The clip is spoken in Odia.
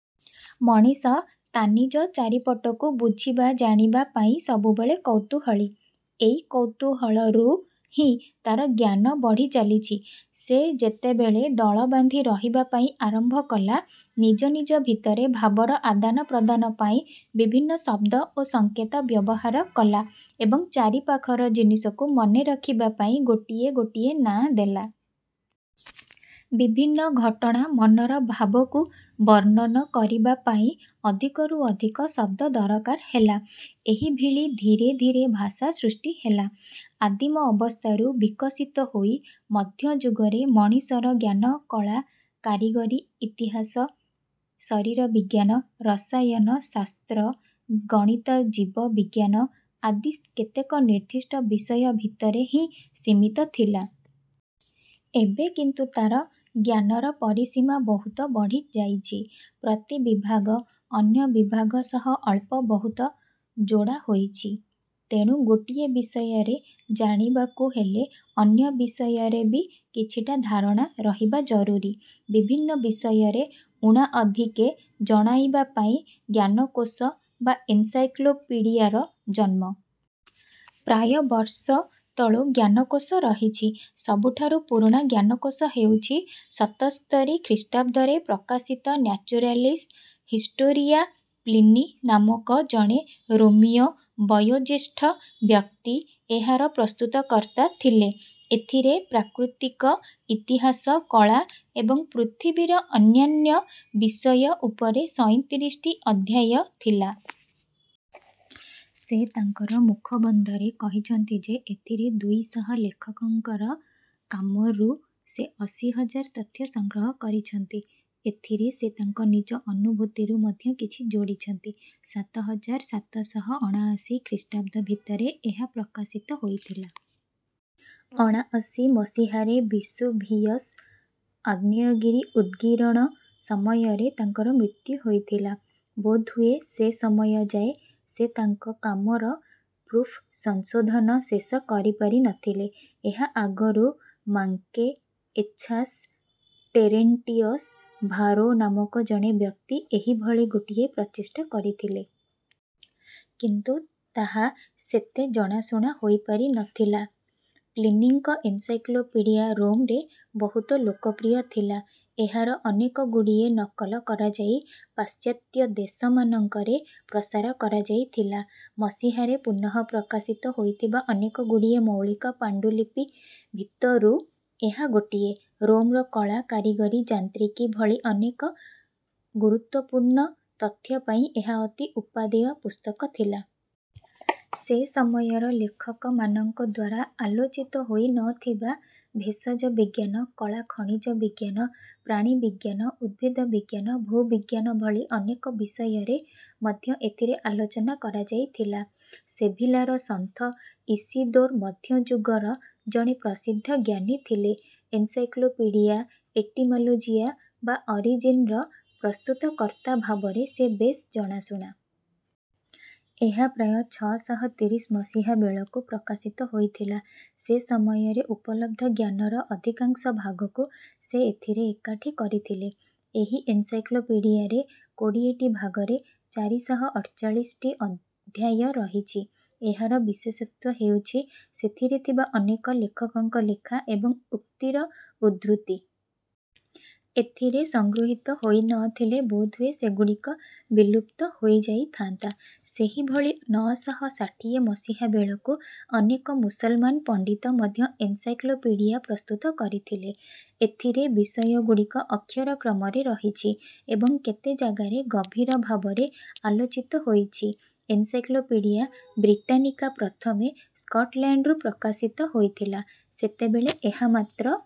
ମଣିଷ ତାନିଜ ଚାରିପଟକୁ ବୁଝିବା ଜାଣିବା ପାଇଁ ସବୁବେଳେ କୌତୂହଳୀ। ଏଇ କୌତୂହଳରୁ ହିଁ ତାର ଜ୍ଞାନ ବଢ଼ିଚାଲିଛି। ସେ ଯେତେବେଳେ ଦଳବାନ୍ଧି ରହିବା ପାଇଁ ଆରମ୍ଭ କଲା ନିଜ ନିଜ ଭିତରେ ଭାବର ଆଦାନ ପ୍ରଦାନ ପାଇଁ ବିଭିନ୍ନ ଶବ୍ଦ ଓ ସଙ୍କେ ତ ବ୍ୟବହାର କଲା ଏବଂ ଚାରିପାଖର ଜିନିଷକୁ ମନେ ରଖିବା ପାଇଁ ଗୋଟିଏ ଗୋଟିଏ ନାଁ ଦେଲା। ବିଭିନ୍ନ ଘଟଣା ମନର ଭାବକୁ ବର୍ଣ୍ଣନ କରିବା ପାଇଁ ଅଧିକରୁ ଅଧିକ ଶବ୍ଦ ଦରକାର ହେଲା। ଏହିଭିଳି ଧୀରେ ଧୀରେ ଭାଷା ସୃଷ୍ଟି ହେଲା। ଆଦିମ ଅବସ୍ଥାରୁ ବିକଶିତ ହୋଇ ମଧ୍ୟଯୁଗରେ ମଣିଷର ଜ୍ଞାନ କଳା କାରିଗରୀ ଇତିହାସ ଶରୀର ବିଜ୍ଞାନ ରସାୟନ ଶାସ୍ତ୍ର ଗଣିତ ଜୀବ ବିଜ୍ଞାନ ଆଦି କେତେକ ନିର୍ଦ୍ଦିଷ୍ଟ ବିଷୟ ଭିତରେ ହିଁ ସୀମିତ ଥିଲା। ଏବେ କିନ୍ତୁ ତାର ଜ୍ଞାନର ପରିସୀମା ବହୁତ ବଢ଼ିଯାଇଛି। ପ୍ରତି ବିଭାଗ ଅନ୍ୟ ବିଭାଗ ସହ ଅଳ୍ପ ବହୁତ ଯୋଡ଼ା ହୋଇଛି। ତେଣୁ ଗୋଟିଏ ବିଷୟରେ ଜାଣିବାକୁ ହେଲେ ଅନ୍ୟ ବିଷୟରେ ବି କିଛିଟା ଧାରଣା ରହିବା ଜରୁରୀ। ବିଭିନ୍ନ ବିଷୟରେ ଊଣା ଅଧିକେ ଜଣାଇବା ପାଇଁ ଜ୍ଞାନକୋଷ ବା ଏନସାଇକ୍ଲୋପିଡ଼ିଆର ଜନ୍ମ। ପ୍ରାୟ ବର୍ଷ ତଳୁ ଜ୍ଞାନକୋଷ ରହିଛି। ସବୁଠାରୁ ପୁରୁଣା ଜ୍ଞାନକୋଷ ହେଉଛି ସତସ୍ତରୀ ଖ୍ରୀଷ୍ଟାବ୍ଦରେ ପ୍ରକାଶିତ ନାଚୁରାଲିସ ହିଷ୍ଟୋରିଆ। ପ୍ଲିନୀ ନାମକ ଜଣେ ରୋମୀୟ ବୟୋଜ୍ୟେଷ୍ଠ ବ୍ୟକ୍ତି ଏହାର ପ୍ରସ୍ତୁତକର୍ତ୍ତା ଥିଲେ। ଏଥିରେ ପ୍ରାକୃତିକ ଇତିହାସ କଳା ଏବଂ ପୃଥିବୀର ଅନ୍ୟାନ୍ୟ ବିଷୟ ଉପରେ ସଇଁତିରିଶଟି ଅଧ୍ୟାୟ ଥିଲା। ସେ ତାଙ୍କର ମୁଖବନ୍ଧରେ କହିଛନ୍ତି ଯେ ଏଥିରେ ଦୁଇ ଶହ ଲେଖକଙ୍କର କାମରୁ ସେ ଅଶୀ ହଜାର ତଥ୍ୟ ସଂଗ୍ରହ କରିଛନ୍ତି। ଏଥିରେ ସେ ତାଙ୍କ ନିଜ ଅନୁଭୂତିରୁ ମଧ୍ୟ କିଛି ଯୋଡ଼ିଛନ୍ତି। ସାତ ହଜାର ସାତ ଶହ ଅଣାଅଶୀ ଖ୍ରୀଷ୍ଟାବ୍ଦ ଭିତରେ ଏହା ପ୍ରକାଶିତ ହୋଇଥିଲା। ଅଣାଅଶୀ ମସିହାରେ ବିସୁଭିୟସ ଆଗ୍ନେୟଗିରି ଉଦଗିରଣ ସମୟରେ ତାଙ୍କର ମୃତ୍ୟୁ ହୋଇଥିଲା। ବୋଧହୁଏ ସେ ସମୟ ଯାଏ ସେ ତାଙ୍କ କାମର ପ୍ରୁଫ୍ ସଂଶୋଧନ ଶେଷ କରିପାରି ନ ଥିଲେ। ଏହା ଆଗରୁ ମାକେଙଏଛାସ ଟେରେଣ୍ଟିଅସ ଭାରୋ ନାମକ ଜଣେ ବ୍ୟକ୍ତି ଏହିଭଳି ଗୋଟିଏ ପ୍ରଚେଷ୍ଟା କରିଥିଲେ। କିନ୍ତୁ ତାହା ସେତେ ଜଣାଶୁଣା ହୋଇପାରି ନ ଥିଲା। ପ୍ଲିନୀଙ୍କ ଏନସାଇକ୍ଲୋପିଡିଆ ରୋମରେ ବହୁତ ଲୋକପ୍ରିୟ ଥିଲା। ଏହାର ଅନେକଗୁଡ଼ିଏ ନକଲ କରାଯାଇ ପାଶ୍ଚାତ୍ୟ ଦେଶମାନଙ୍କରେ ପ୍ରସାର କରାଯାଇଥିଲା। ମସିହାରେ ପୁନଃ ପ୍ରକାଶିତ ହୋଇଥିବା ଅନେକଗୁଡ଼ିଏ ମୌଳିକ ପାଣ୍ଡୁଲିପି ଭିତରୁ ଏହା ଗୋଟିଏ। ରୋମର କଳା କାରିଗରୀ ଯାନ୍ତ୍ରିକୀ ଭଳି ଅନେକ ଗୁରୁତ୍ୱପୂର୍ଣ୍ଣ ତଥ୍ୟ ପାଇଁ ଏହା ଅତି ଉପାଦେୟ ପୁସ୍ତକ ଥିଲା। ସେ ସମୟର ଲେଖକମାନଙ୍କଦ୍ୱାରା ଆଲୋଚିତ ହୋଇ ନ ଥିବା ଭେଷଜ ବିଜ୍ଞାନ କଳା ଖଣିଜ ବିଜ୍ଞାନ ପ୍ରାଣିବିଜ୍ଞାନ ଉଦ୍ଭିଦ ବିଜ୍ଞାନ ଭୂବିଜ୍ଞାନ ଭଳି ଅନେକ ବିଷୟରେ ମଧ୍ୟ ଏଥିରେ ଆଲୋଚନା କରାଯାଇଥିଲା। ସେଭିଲାର ସନ୍ଥ ଇସିଦୋର ମଧ୍ୟଯୁଗର ଜଣେ ପ୍ରସିଦ୍ଧ ଜ୍ଞାନୀ ଥିଲେ। ଏନସାଇକ୍ଲୋପିଡିଆ ଏଟିମାଲୋଜିଆ ବା ଅରିଜିନର ପ୍ରସ୍ତୁତକର୍ତ୍ତା ଭାବରେ ସେ ବେଶ ଜଣାଶୁଣା। ଏହା ପ୍ରାୟ ଛଅ ଶହ ତିରିଶ ମସିହା ବେଳକୁ ପ୍ରକାଶିତ ହୋଇଥିଲା। ସେ ସମୟରେ ଉପଲବ୍ଧ ଜ୍ଞାନର ଅଧିକାଂଶ ଭାଗକୁ ସେ ଏଥିରେ ଏକାଠି କରିଥିଲେ। ଏହି ଏନସାଇକ୍ଲୋପିଡିଆରେ କୋଡ଼ିଏଟି ଭାଗରେ ଚାରି ଶହ ଅଠଚାଳିଶଟି ଅଧ୍ୟାୟ ରହିଛି। ଏହାର ବିଶେଷତ୍ୱ ହେଉଛି ସେଥିରେ ଥିବା ଅନେକ ଲେଖକଙ୍କ ଲେଖା ଏବଂ ଉକ୍ତିର ଉଦ୍ଧୃତି। ଏଥିରେ ସଂଗୃହୀତ ହୋଇ ନ ଥିଲେ ବୋଧହୁଏ ସେଗୁଡ଼ିକ ବିଲୁପ୍ତ ହୋଇଯାଇଥାନ୍ତା। ସେହିଭଳି ନଅ ଶହ ଷାଠିଏ ମସିହା ବେଳକୁ ଅନେକ ମୁସଲମାନ ପଣ୍ଡିତ ମଧ୍ୟ ଏନସାଇକ୍ଲୋପିଡ଼ିଆ ପ୍ରସ୍ତୁତ କରିଥିଲେ। ଏଥିରେ ବିଷୟଗୁଡ଼ିକ ଅକ୍ଷର କ୍ରମରେ ରହିଛି ଏବଂ କେତେ ଜାଗାରେ ଗଭୀର ଭାବରେ ଆଲୋ ଚିତ ହୋଇ ଛି। ଏନସାଇକ୍ଲୋପିଡ଼ିଆ ବ୍ରିଟାନିକା ପ୍ରଥମେ ସ୍କଟଲ୍ୟାଣ୍ଡରୁ ପ୍ରକାଶିତ ହୋଇଥିଲା। ସେତେବେଳେ ଏହା ମାତ୍ର